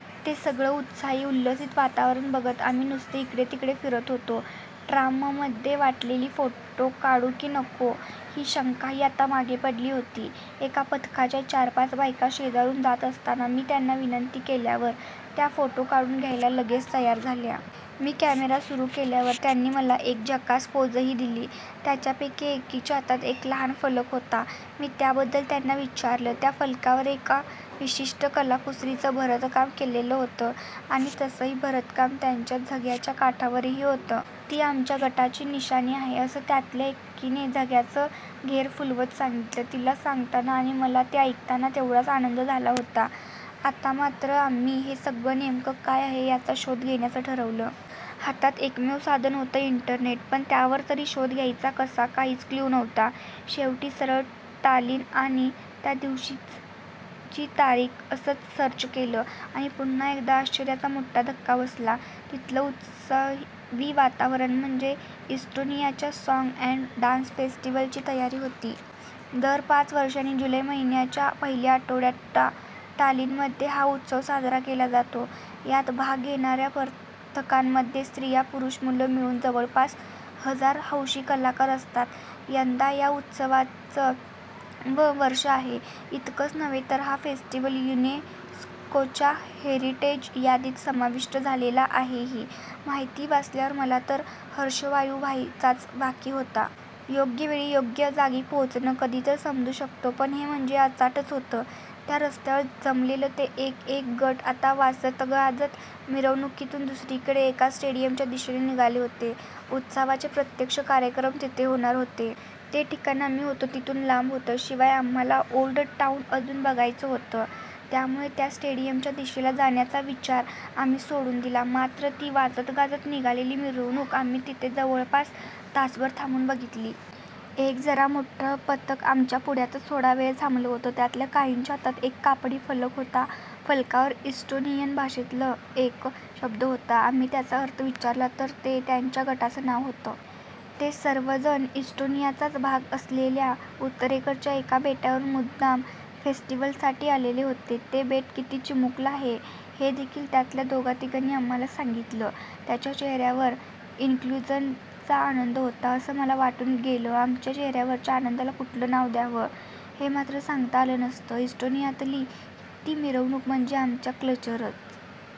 ते सगळं उत्साही, उल्हसित वातावरण बघत आम्ही नुसते इकडे तिकडे फिरत होतो. ट्राममध्ये वाटलेली फोटो काढू की नको ही शंकाही आता मागे पडली होती. एका पथकाच्या चार-पाच बायका शेजारून जात असताना मी त्यांना विनंती केल्यावर त्या फोटो काढून घ्यायला लगेच तयार झाल्या. मी कॅमेरा सुरू केल्यावर त्यांनी मला एक झकास पोझही दिली. त्यांच्यापैकी एकीच्या हातात एक लहान फलक होता. मी त्याबद्दल त्यांना विचारलं. त्या फलकावर एक विशिष्ट कलाकुसरीचं भरतकाम केलेलं होतं, आणि तसंच भरतकाम त्यांच्या झग्याच्या काठांवरही होतं. 'ती आमच्या गटाची निशाणी आहे' असं त्यातल्या एकीने झग्याचा घेर फुलवत सांगितलं. तिला सांगताना आणि मला ते ऐकताना तेवढाच आनंद झाला होता. आता मात्र आम्ही हे सगळं नेमकं काय आहे, याचा शोध घेण्याचं ठरवलं. हातात एकमेव साधन होतं- इंटरनेट. पण त्यावर तरी शोध घ्यायचा कसा? काहीच क्लू नव्हता. शेवटी सरळ 'टालिन' आणि त्यादिवशीची तारीख असंच सर्च केलं, आणि पुन्हा एकदा आश्चर्याचा मोठा धक्का बसला- तिथलं उत्सवी वातावरण म्हणजे इस्टोनियाच्या 'साँग अँड डान्स फेस्टिव्हल'ची तयारी होती. दर पाच वर्षांनी जुलै महिन्याच्या पहिल्या आठवड्यात टालिनमध्ये हा उत्सव साजरा केला जातो. यात भाग घेणार्या पथकांमध्ये स्त्रिया-पुरूष-मुलं मिळून जवळपास हजार हौशी कलाकार असतात. यंदा या उत्सवाचं वं वर्ष आहे. इतकंच नव्हे तर हा फेस्टिवल युनेस्कोच्या हेरिटेज यादीत समाविष्ट झालेला आहेही माहिती वाचल्यावर मला तर हर्षवायू व्हायचाच बाकी होता. योग्यवेळी योग्य जागी पोहोचणं कधीतरी समजू शकतो; पण हे म्हणजे अचाटच होतं! त्या रस्त्यावर जमलेले ते एक एक गट आता वाजतगाजत मिरवणुकीतून दुसरीकडे एका स्टेडियमच्या दिशेने निघाले होते. उत्सवाचे प्रत्यक्ष कार्यक्रम तिथे होणार होते. ते ठिकाण आम्ही होतो तिथून लांब होतं. शिवाय आम्हाला ओल्ड टाऊन अजून बघायचं होतं. त्यामुळे त्या स्टेडियमच्या दिशेला जाण्याचा विचार आम्ही सोडून दिला; मात्र ती वाजतगाजत निघालेली मिरवणूक आम्ही तिथे जवळपास तासभर थांबून बघितली. एक जरा मोठं पथक आमच्या पुढ्यातच थोडा वेळ थांबलं होतं. त्यातल्या काहींच्या हातात एक कापडी फलक होता. फलकावर इस्टोनियन भाषेतला एक शब्द होता. आम्ही त्याचा अर्थ विचारला तर ते त्यांच्या गटाचं नाव होतं. ते सर्वजण इस्टोनियाचाच भाग असलेल्या उत्तरेकडच्या एका बेटावरून मुद्दाम फेस्टिवलसाठी आलेले होते. ते बेट किती चिमुकलं आहे हेदेखील त्यातल्या दोघातिघांनी आम्हाला सांगितलं. त्यांच्या चेहर्यावर 'इन्क्लुजन'चा आनंद होता असं मला वाटून गेलंआमच्या चेहर्यावरच्या आनंदाला कुठलं नाव द्यावं, हे मात्र सांगता आलं नसतं. इस्टोनियातली ती मिरवणूक म्हणजे आमच्या 'कल्चरल